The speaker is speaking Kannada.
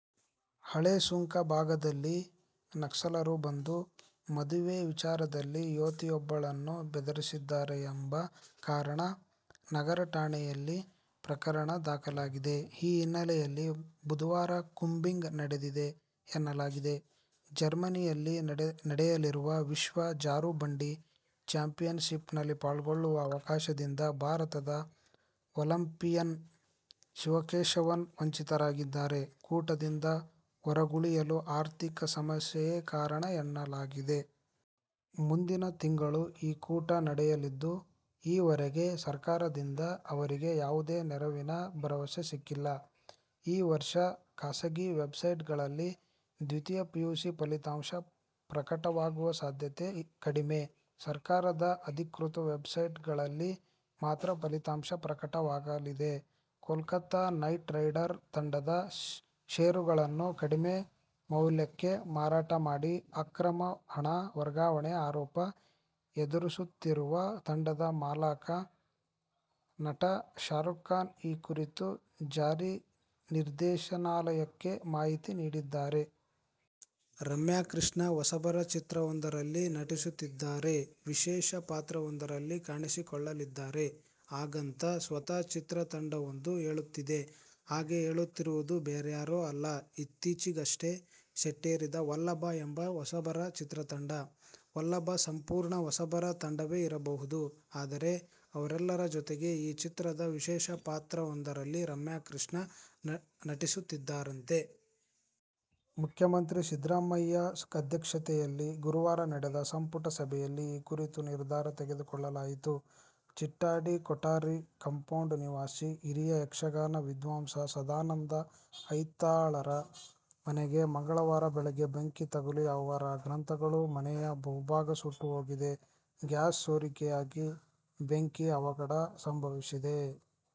ಹಳೇಸುಂಕ ಭಾಗದಲ್ಲಿ ನಕ್ಸಲರು ಬಂದು, ಮದುವೆ ವಿಚಾರದಲ್ಲಿ ಯುವತಿಯೊಬ್ಬಳನ್ನು ಬೆದರಿಸಿದ್ದಾರೆ ಎಂಬ ಕಾರಣ ನಗರ ಠಾಣೆಯಲ್ಲಿ ಪ್ರಕರಣ ದಾಖಲಾಗಿದೆ. ಈ ಹಿನ್ನೆಲೆಯಲ್ಲಿ ಬುಧವಾರ ಕೂಂಬಿಂಗ್ ನಡೆದಿದೆ ಎನ್ನಲಾಗಿದೆೆ. ಜರ್ಮನಿಯಲ್ಲಿ ನಡೆಯಲಿರುವ ವಿಶ್ವ ಜಾರುಬಂಡಿ ಚಾಂಪಿಯನ್ಶಿಪ್ನಲ್ಲಿ ಪಾಲ್ಗೊಳ್ಳುವ ಅವಕಾಶದಿಂದ ಭಾರತದ ಒಲಿಂಪಿಯನ್ ಶಿವಕೇಶವನ್ ವಂಚಿತರಾಗಿದ್ದಾರೆ. ಕೂಟದಿಂದ ಹೊರಗುಳಿಯಲು ಆರ್ಥಿಕ ಸಮಸ್ಯೆಯೇ ಕಾರಣ ಎನ್ನಲಾಗಿದೆ. ಮುಂದಿನ ತಿಂಗಳು ಈ ಕೂಟ ನಡೆಯಲಿದ್ದು, ಈವರೆಗೆ ಸರಕಾರದಿಂದ ಅವರಿಗೆ ಯಾವುದೇ ನೆರವಿನ ಭರವಸೆ ಸಿಕ್ಕಿಲ್ಲ. ಈ ವರ್ಷ ಖಾಸಗಿ ವೆಬ್ಸೈಟ್ಗಳಲ್ಲಿ ದ್ವಿತೀಯ ಪಿಯುಸಿ ಫಲಿತಾಂಶ ಪ್ರಕಟವಾಗುವ ಸಾಧ್ಯತೆ ಕಡಿಮೆ. ಸರ್ಕಾರದ ಅಧಿಕೃತ ವೆಬ್ಸೈಟ್ಗಳಲ್ಲಿ ಮಾತ್ರ ಫಲಿತಾಂಶ ಪ್ರಕಟವಾಗಲಿದೆ. ಕೋಲ್ಕತಾ ನೈಟ್ರೈಡರ್ ತಂಡದ ಷೇರುಗಳನ್ನು ಕಡಿಮೆ ಮೌಲ್ಯಕ್ಕೆ ಮಾರಾಟ ಮಾಡಿ ಅಕ್ರಮ ಹಣ ವರ್ಗಾವಣೆ ಆರೋಪ ಎದುರಿಸುತ್ತಿರುವ ತಂಡದ ಮಾಲಕ, ನಟ ಶಾರುಖ್ ಖಾನ್ ಈ ಕುರಿತು ಜಾರಿ ನಿರ್ದೇಶನಾಲಯಕ್ಕೆ ಮಾಹಿತಿ ನೀಡಿದ್ದಾರೆ. ರಮ್ಯಾ ಕೃಷ್ಣ ಹೊಸಬರ ಚಿತ್ರವೊಂದರಲ್ಲಿ ನಟಿಸುತ್ತಿದ್ದಾರೆ, ವಿಶೇಷ ಪಾತ್ರವೊಂದರಲ್ಲಿ ಕಾಣಿಸಿಕೊಳ್ಳಲಿದ್ದಾರೆ. ಹಾಗಂತ ಸ್ವತಃ ಚಿತ್ರತಂಡವೊಂದು ಹೇಳುತ್ತಿದೆ. ಹಾಗೆ ಹೇಳುತ್ತಿರುವುದು ಬೇರ್ಯಾರೋ ಅಲ್ಲ, ಇತ್ತೀಚೆಗಷ್ಟೇ ಸೆಟ್ಟೇರಿದ "ವಲ್ಲಭ' ಎಂಬ ಹೊಸಬರ ಚಿತ್ರತಂಡ. "ವಲ್ಲಭ' ಸಂಪೂರ್ಣ ಹೊಸಬರ ತಂಡವೇ ಇರಬಹುದು. ಆದರೆ, ಅವರೆಲ್ಲರ ಜೊತೆಗೆ ಈ ಚಿತ್ರದ ವಿಶೇಷ ಪಾತ್ರವೊಂದರಲ್ಲಿ ರಮ್ಯಾಕೃಷ್ಣ ನಟಿಸುತ್ತಿದ್ದಾರಂತೆ. ಮುಖ್ಯಮಂತ್ರಿ ಸಿದ್ದರಾಮಯ್ಯ ಅಧ್ಯಕ್ಷತೆಯಲ್ಲಿ ಗುರುವಾರ ನಡೆದ ಸಂಪುಟ ಸಭೆಯಲ್ಲಿ ಈ ಕುರಿತು ನಿರ್ಧಾರ ತೆಗೆದುಕೊಳ್ಳಲಾಯಿತು. ಚಿಟ್ಟಾಡಿ ಕೊಠಾರಿ ಕಂಪೌಂಡ್ ನಿವಾಸಿ, ಹಿರಿಯ ಯಕ್ಷಗಾನ ವಿದ್ವಾಂಸ ಸದಾನಂದ ಐತಾಳರ ಮನೆಗೆ ಮಂಗಳವಾರ ಬೆಳಗ್ಗೆ ಬೆಂಕಿ ತಗುಲಿ ಅವರ ಗ್ರಂಥಗಳು, ಮನೆಯ ಬಹುಭಾಗ ಸುಟ್ಟು ಹೋಗಿದೆ. ಗ್ಯಾಸ್ ಸೋರಿಕೆಯಾಗಿ ಬೆಂಕಿ ಅವಘಡ ಸಂಭವಿಸಿದೆ.